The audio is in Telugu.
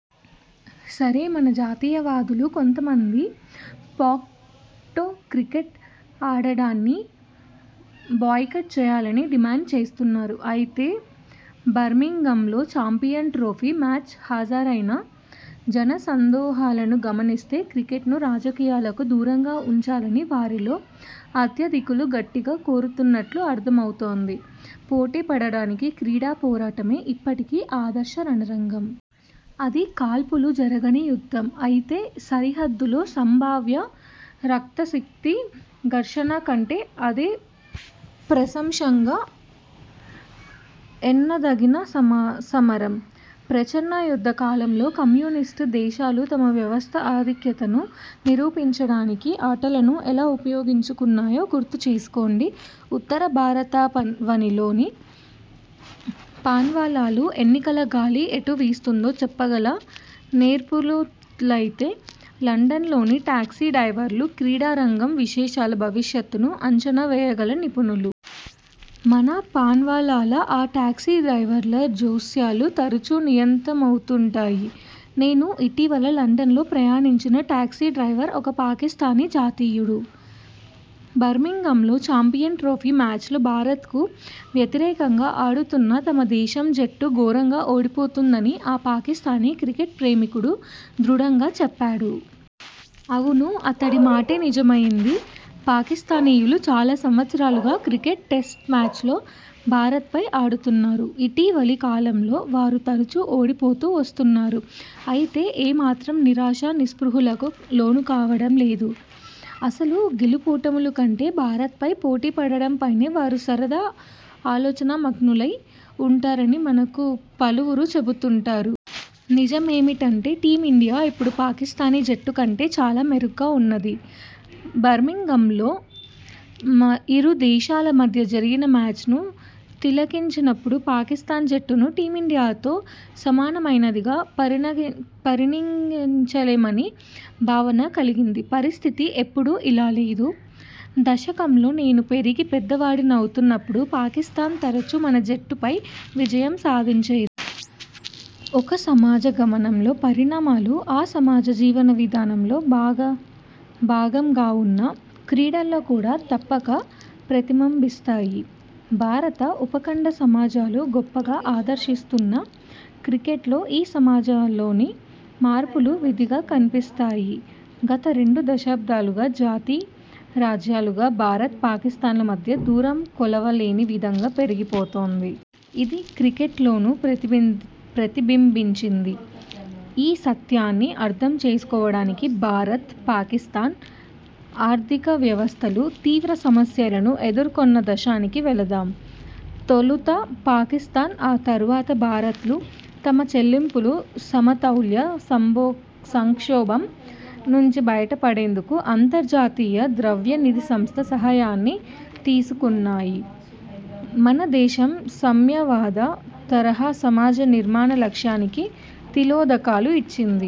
సరే, మన జాతీయవాదులు కొంతమంది పాక్తో క్రికెట్ ఆడడాన్ని బాయ్కాట్ చేయాలని డిమాండ్ చేస్తున్నారు. అయితే బర్మింగ్హామ్లో చాంపియన్ ట్రోఫీ మ్యాచ్కు హాజరైన జనసందోహాలను గమనిస్తే క్రికెట్ను రాజకీయాలకు దూరంగా వుంచాలని వారిలో అత్యధికులు గట్టిగా కోరుతున్నట్టు అర్థమవుతుంది. పోటీపడడానికి క్రీడా పోరాటమే ఇప్పటికీ ఆదర్శ రణరంగం. అది కాల్పులు జరగని యుద్ధం. అయితే సరిహద్దుల్లో సంభావ్య రక్తసిక్త ఘర్షణ కంటే అదే ప్రశస్తంగా ఎన్నదగిన సమరం. ప్రచ్ఛన్న యుద్ధ కాలంలో కమ్యూనిస్టు దేశాలు తమ 'వ్యవస్థ' ఆధిక్యతను నిరూపించడానికి ఆటలను ఎలా ఉపయోగించుకున్నాయో గుర్తుచేసుకోండి. ఉత్తర భారతావనిలోని పాన్వాలాలు ఎన్నికల గాలి ఎటు వీస్తుందో చెప్పగల నేర్పరులైతే, లండన్లోని టాక్సీ డ్రైవర్లు క్రీడారంగ విశేషాల భవిష్యత్తును అంచనా వేయగల నిపుణులు. మన పాన్వాలాల, ఆ టాక్సీ డ్రైవర్ల జోస్యాలు తరచూ నిజమవుతుంటాయి. నేను ఇటీవల లండన్లో ప్రయాణించిన టాక్సీ డ్రైవర్ ఒక పాకిస్థానీ జాతీయుడు. బర్మింగ్హామ్లో చాంపియన్ ట్రోఫీ మ్యాచ్లో భారత్కు వ్యతిరేకంగా ఆడుతున్న తమ దేశం జట్టు ఘోరంగా ఓడిపోతుందని ఆ పాకిస్థానీ క్రికెట్ ప్రేమికుడు దృఢంగా చెప్పాడు. అవును, అతడి మాటే నిజమయింది. పాకిస్థానీయులు చాలా సంవత్సరాలుగా క్రికెట్ టెస్ట్మ్యాచ్లలో భారత్పై ఆడుతున్నారు. ఇటీవలి కాలంలో వారు తరచూ ఓడిపోతూ వస్తున్నారు. అయితే ఏ మాత్రం నిరాశా నిస్పృహలకు లోనుకావడం లేదు. అసలు గెలుపోటముల కంటే భారత్పై పోటీపడడంపైనే వారు సదా ఆలోచనామగ్నులై వుంటారని మనకు పలువురు చెబుతుంటారు. నిజమేమిటంటే టీమిండియా ఇప్పుడు పాకిస్థానీ జట్టు కంటే చాలా మెరుగ్గా వున్నది. బర్మింగ్హామ్లో ఇరు దేశాల మధ్య జరిగిన మ్యాచ్ను తిలకించినప్పుడు పాకిస్థాన్ జట్టును టీమిండియాతో సమానమైనదిగా పరిగణించలేమనే భావన కలిగింది. పరిస్థితి ఎప్పుడూ ఇలా లేదు. దశకంలో నేను పెరిగి పెద్దవాడినవుతున్నప్పుడు పాకిస్థాన్ తరచూ మన జట్టుపై విజయం సాధించేది. ఒక సమాజ గమనంలో పరిణామాలు ఆ సమాజ జీవన విధానంలో భాగంగావున్న క్రీడల్లో కూడా తప్పక ప్రతిబింబిస్తాయి. భారత ఉపఖండ సమాజాలు గొప్పగా ఆదరిస్తున్న క్రికెట్లో ఈ సమాజాల్లోని మార్పులు విధిగా కన్పిస్తాయి. గత రెండు దశాబ్దాలుగా జాతి–రాజ్యాలుగా భారత్, పాకిస్థాన్ల మధ్య దూరం కొలవలేని విధంగా పెరిగిపోతోంది. ఇది క్రికెట్లోనూ ప్రతిబింబించింది. ఈ సత్యాన్ని అర్థం చేసుకోవడానికి భారత్, పాకిస్థాన్ ఆర్థికవ్యవస్థలు తీవ్ర సమస్యలను ఎదుర్కొన్న దశకానికి వెళదాం. తొలుత పాకిస్థాన్, ఆ తరువాత భారత్లు తమ చెల్లింపుల సమతౌల్య సంక్షోభం నుంచి బయటపడేందుకు అంతర్జాతీయ ద్రవ్యనిధి సంస్థ సహాయాన్ని తీసుకున్నాయి. మన దేశం సామ్యవాద తరహా సమాజ నిర్మాణ లక్ష్యానికి తిలోదకాలు ఇచ్చింది.